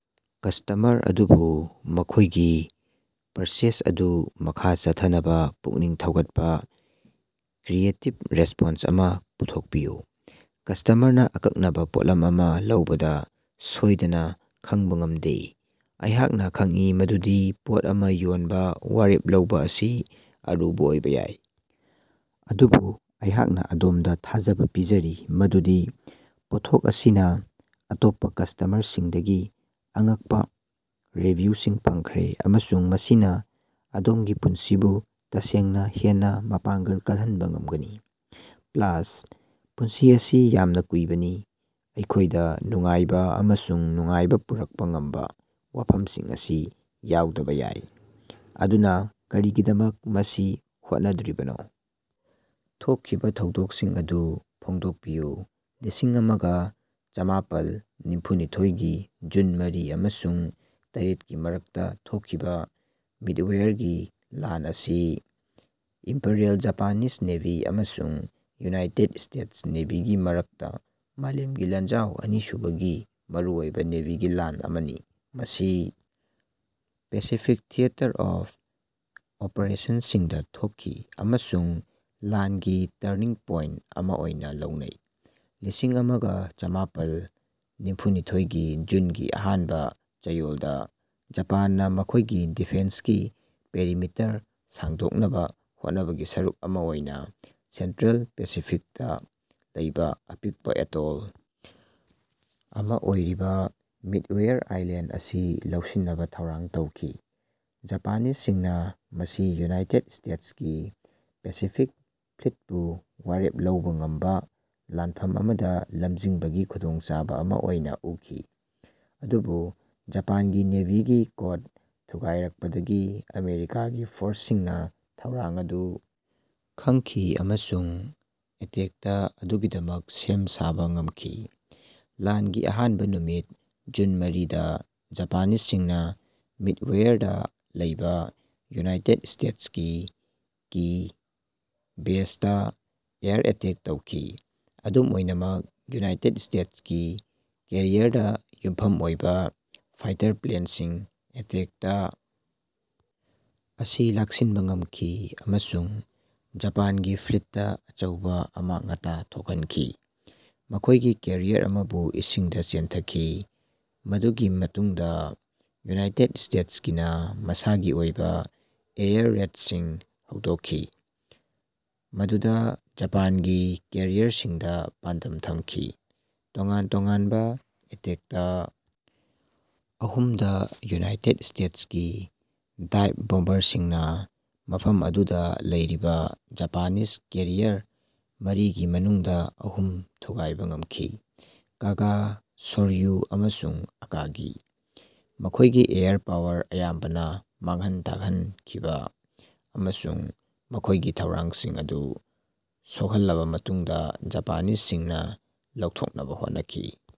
Customer ꯑꯗꯨꯕꯨ ꯃꯈꯣꯏꯒꯤ purchase ꯑꯗꯨ ꯃꯈꯥ ꯆꯠꯊꯅꯕ ꯄꯨꯛꯅꯤꯡ ꯊꯧꯒꯠꯄ ꯀ꯭ꯔꯤꯌꯦꯇꯤꯕ ꯔꯦꯁꯄꯣꯟꯁ ꯑꯃ ꯄꯨꯊꯣꯛꯄꯤꯌꯨ꯫ ꯀꯁ꯭ꯇꯃꯔꯅ ꯑꯀꯛꯅꯕ ꯄꯣꯠꯂꯝ ꯑꯃ ꯂꯧꯕꯗ ꯁꯣꯏꯗꯅ ꯈꯪꯕ ꯉꯝꯗꯦ꯫ ꯑꯩꯍꯥꯛꯅ ꯈꯪꯏ ꯃꯗꯨꯗꯤ ꯄꯣꯠ ꯑꯃ ꯌꯣꯟꯕ‌ ꯋꯥꯔꯦꯞ ꯂꯧꯕ ꯑꯁꯤ ꯑꯔꯨꯕ ꯑꯣꯏꯕ ꯌꯥꯏ, ꯑꯗꯨꯕꯨ ꯑꯩꯍꯥꯛꯅ ꯑꯗꯣꯝꯗ ꯊꯥꯖꯕ ꯄꯤꯖꯔꯤ ꯃꯗꯨꯗꯤ ꯄꯣꯠꯊꯣꯛ ꯑꯁꯤꯅ ꯑꯇꯣꯞꯄ ꯀꯁ꯭ꯇꯃꯔꯁꯤꯡꯗꯒꯤ ꯑꯉꯛꯄ ꯔꯤꯚ꯭ꯌꯨꯁꯤꯡ ꯐꯪꯈ꯭ꯔꯦ ꯑꯃꯁꯨꯡ ꯃꯁꯤꯅ ꯑꯗꯣꯝꯒꯤ ꯄꯨꯟꯁꯤꯕꯨ ꯇꯁꯦꯡꯅ ꯍꯦꯟꯅ ꯃꯄꯥꯡꯒꯜ ꯀꯜꯍꯟꯕ ꯉꯝꯒꯅꯤ꯫ ꯄ꯭ꯂꯥꯁ, ꯄꯨꯟꯁꯤ ꯑꯁꯤ ꯌꯥꯝꯅ ꯀꯨꯏꯕꯅꯤ, ꯑꯩꯈꯣꯏꯗ ꯅꯨꯡꯉꯥꯏꯕ ꯑꯃꯁꯨꯡ ꯅꯨꯡꯉꯥꯏꯕ ꯄꯨꯔꯛꯄ ꯉꯝꯕ ꯋꯥꯐꯝꯁꯤꯡ ꯑꯁꯤ ꯌꯥꯎꯗꯕ ꯌꯥꯏ, ꯑꯗꯨꯅ ꯀꯔꯤꯒꯤꯗꯃꯛ ꯃꯁꯤ ꯍꯣꯠꯅꯗ꯭ꯔꯤꯕꯅꯣ? ꯊꯣꯛꯈꯤꯕ ꯊꯧꯗꯣꯛꯁꯤꯡ ꯑꯗꯨ ꯐꯣꯡꯗꯣꯛꯄꯤꯌꯨ꯫ ꯂꯤꯁꯤꯡ ꯑꯃꯒ ꯆꯃꯥꯄꯜ ꯅꯤꯐꯨꯅꯤꯊꯣꯏꯒꯤ ꯖꯨꯟ ꯃꯔꯤ ꯑꯃꯁꯨꯡ ꯇꯔꯦꯠꯀꯤ ꯃꯔꯛꯇ ꯊꯣꯛꯈꯤꯕ ꯃꯤꯗꯋꯦꯌꯔꯒꯤ ꯂꯥꯟ ꯑꯁꯤ ꯏꯝꯄꯤꯔꯤꯑꯦꯜ ꯖꯄꯥꯅꯤꯖ ꯅꯦꯚꯤ ꯑꯃꯁꯨꯡ ꯌꯨꯅꯥꯏꯇꯦꯗ ꯁ꯭ꯇꯦꯇꯁ ꯅꯦꯚꯤꯒꯤ ꯃꯔꯛꯇ ꯃꯥꯂꯦꯝꯒꯤ ꯂꯥꯟꯖꯥꯎ ꯑꯅꯤꯁꯨꯕꯒꯤ ꯃꯔꯨꯑꯣꯏꯕ ꯅꯦꯚꯤꯒꯤ ꯂꯥꯟ ꯑꯃꯅꯤ꯫ ꯃꯁꯤ ꯄꯦꯁꯤꯐꯤꯛ ꯊꯤꯌꯦꯇꯔ ꯑꯣꯐ ꯑꯣꯄ꯭ꯔꯦꯁꯟꯁꯤꯡꯗ ꯊꯣꯛꯈꯤ, ꯑꯃꯁꯨꯡ ꯂꯥꯟꯒꯤ ꯇꯔꯅꯤꯡ ꯄꯣꯏꯟꯇ ꯑꯃ ꯑꯣꯏꯅ ꯂꯧꯅꯩ꯫ ꯂꯤꯁꯤꯡ ꯑꯃꯒ ꯆꯃꯥꯄꯜ ꯅꯤꯐꯨꯅꯤꯊꯣꯏꯒꯤ ꯖꯨꯟꯒꯤ ꯑꯍꯥꯟꯕ ꯆꯌꯣꯜꯗ ꯖꯄꯥꯟꯅ‌ ꯃꯈꯣꯏꯒꯤ ꯗꯤꯐꯦꯟꯁꯀꯤ ꯄꯦꯔꯤꯃꯤꯇꯔ ꯁꯥꯡꯗꯣꯛꯅꯕ ꯍꯣꯠꯅꯕꯒꯤ ꯁꯔꯨꯛ ꯑꯃ ꯑꯣꯏꯅ ꯁꯦꯟꯇ꯭ꯔꯦꯜ ꯄꯦꯁꯤꯐꯤꯛꯇ ꯂꯩꯕ ꯑꯄꯤꯛꯄ‌ ꯑꯦꯇꯣꯜ ꯑꯃ ꯑꯣꯏꯔꯤꯕ ꯃꯤꯗꯋꯦꯌꯔ ꯑꯥꯏꯂꯦꯟꯗ ꯑꯁꯤ ꯂꯧꯁꯤꯟꯅꯕ ꯊꯧꯔꯥꯡ ꯇꯧꯈꯤ꯫ ꯖꯄꯥꯅꯤꯖꯁꯤꯡꯅ ꯃꯁꯤ ꯌꯨꯅꯥꯏꯇꯦꯗ ꯁ꯭ꯇꯦꯇꯁꯀꯤ ꯄꯦꯁꯤꯐꯤꯛ ꯐ꯭ꯂꯤꯠꯄꯨ ꯋꯥꯔꯦꯞ ꯂꯧꯕ ꯉꯝꯕ ꯂꯥꯟꯐꯝ ꯑꯃꯗ ꯂꯝꯖꯤꯡꯕꯒꯤ ꯈꯨꯗꯣꯡꯆꯥꯕ ꯑꯃ ꯑꯣꯏꯅ ꯎꯈꯤ꯫ ꯑꯗꯨꯕꯨ ꯖꯄꯥꯟꯒꯤ ꯅꯦꯚꯤꯒꯤ ꯀꯣꯗ ꯊꯨꯒꯥꯏꯔꯛꯄꯗꯒꯤ ꯑꯃꯦꯔꯤꯀꯥꯒꯤ ꯐꯣꯔꯁꯁꯤꯡꯅ ꯊꯧꯔꯥꯡ ꯑꯗꯨ ꯈꯪꯈꯤ ꯑꯃꯁꯨꯡ ꯑꯦꯇꯦꯛꯇ ꯑꯗꯨꯒꯤꯗꯃꯛ ꯁꯦꯝ ꯁꯥꯕ ꯉꯝꯈꯤ꯫ ꯂꯥꯟꯒꯤ ꯑꯍꯥꯟꯕ ꯅꯨꯃꯤꯠ ꯖꯨꯟ ꯃꯔꯤ ꯗꯥ ꯖꯄꯥꯅꯤꯖꯁꯤꯡꯅ ꯃꯤꯗꯋꯦꯌꯔꯗꯥ ꯂꯩꯕ ꯌꯨꯅꯥꯏꯇꯦꯗ ꯁ꯭ꯇꯦꯇꯁꯀꯤ ꯀꯤ ꯕꯦꯖꯗꯥ ꯑꯦꯌꯔ ꯑꯦꯇꯦꯛ ꯇꯧꯈꯤ꯫ ꯑꯗꯨꯝ ꯑꯣꯏꯅꯃꯛ ꯌꯨꯅꯥꯏꯇꯦꯗ ꯁ꯭ꯇꯦꯇꯁꯀꯤ ꯀꯦꯔꯤꯌꯔꯗ ꯌꯨꯝꯐꯝ ꯑꯣꯏꯕ ꯐꯥꯏꯇꯔ ꯄ꯭ꯂꯦꯟꯁꯤꯡꯅ ꯑꯦꯇꯦꯛꯇ ꯑꯁꯤ ꯂꯥꯛꯁꯤꯟꯕ ꯉꯝꯈꯤ ꯑꯃꯁꯨꯡ ꯖꯄꯥꯟꯒꯤ ꯐ꯭ꯂꯤꯠꯇꯥ ꯑꯆꯧꯕ ꯑꯃꯥꯡ ꯑꯇꯥ ꯊꯣꯛꯍꯟꯈꯤ, ꯃꯈꯣꯏꯒꯤ ꯀꯦꯔꯤꯌꯔ ꯑꯃꯕꯨ ꯏꯁꯤꯡꯗ ꯆꯦꯟꯊꯈꯤ꯫ ꯃꯗꯨꯒꯤ ꯃꯇꯨꯡꯗꯥ ꯌꯨꯅꯥꯏꯇꯦꯗ ꯁ꯭ꯇꯦꯇꯁꯀꯤ ꯅ ꯃꯁꯥꯒꯤ ꯑꯣꯏꯕ ꯑꯦꯌꯔ ꯔꯦꯏꯗꯁꯤꯡ ꯍꯧꯗꯣꯛꯈꯤ, ꯃꯗꯨꯗ ꯖꯄꯥꯟꯒꯤ ꯀꯦꯔꯤꯌꯔꯁꯤꯡꯗ ꯄꯥꯟꯗꯝ ꯊꯝꯈꯤ꯫ ꯇꯣꯉꯥꯟ ꯇꯣꯉꯥꯟꯕ ꯑꯦꯇꯦꯛꯇ ꯑꯍꯨꯝꯗ ꯌꯨꯅꯥꯏꯇꯦꯗ ꯁ꯭ꯇꯦꯇꯁꯀꯤ ꯗꯥꯏꯕ ꯕꯣꯝꯕꯔꯁꯤꯡꯅ ꯃꯐꯝ ꯑꯗꯨꯗ ꯂꯩꯔꯤꯕ ꯖꯄꯥꯅꯤꯖ ꯀꯦꯔꯤꯌꯔ ꯃꯔꯤꯒꯤ ꯃꯅꯨꯡꯗ ꯑꯍꯨꯝ ꯊꯨꯒꯥꯏꯕ ꯉꯝꯈꯤ - ꯀꯥꯒꯥ, ꯁꯣꯔꯌꯨ ꯑꯃꯁꯨꯡ ꯑꯀꯥꯒꯤ꯫ ꯃꯈꯣꯏꯒꯤ ꯑꯦꯌꯔ ꯄꯥꯋꯔ ꯑꯌꯥꯝꯕꯅ ꯃꯥꯡꯍꯟ ꯇꯥꯛꯍꯟꯈꯤꯕ, ꯑꯃꯁꯨꯡ ꯃꯈꯣꯏꯒꯤ ꯊꯧꯔꯥꯡꯁꯤꯡ ꯑꯗꯨ ꯁꯣꯛꯍꯜꯂꯕ ꯃꯇꯨꯡꯗ ꯖꯄꯥꯅꯤꯖꯁꯤꯡꯅ ꯂꯧꯊꯣꯛꯅꯕ ꯍꯣꯠꯅꯈꯤ꯫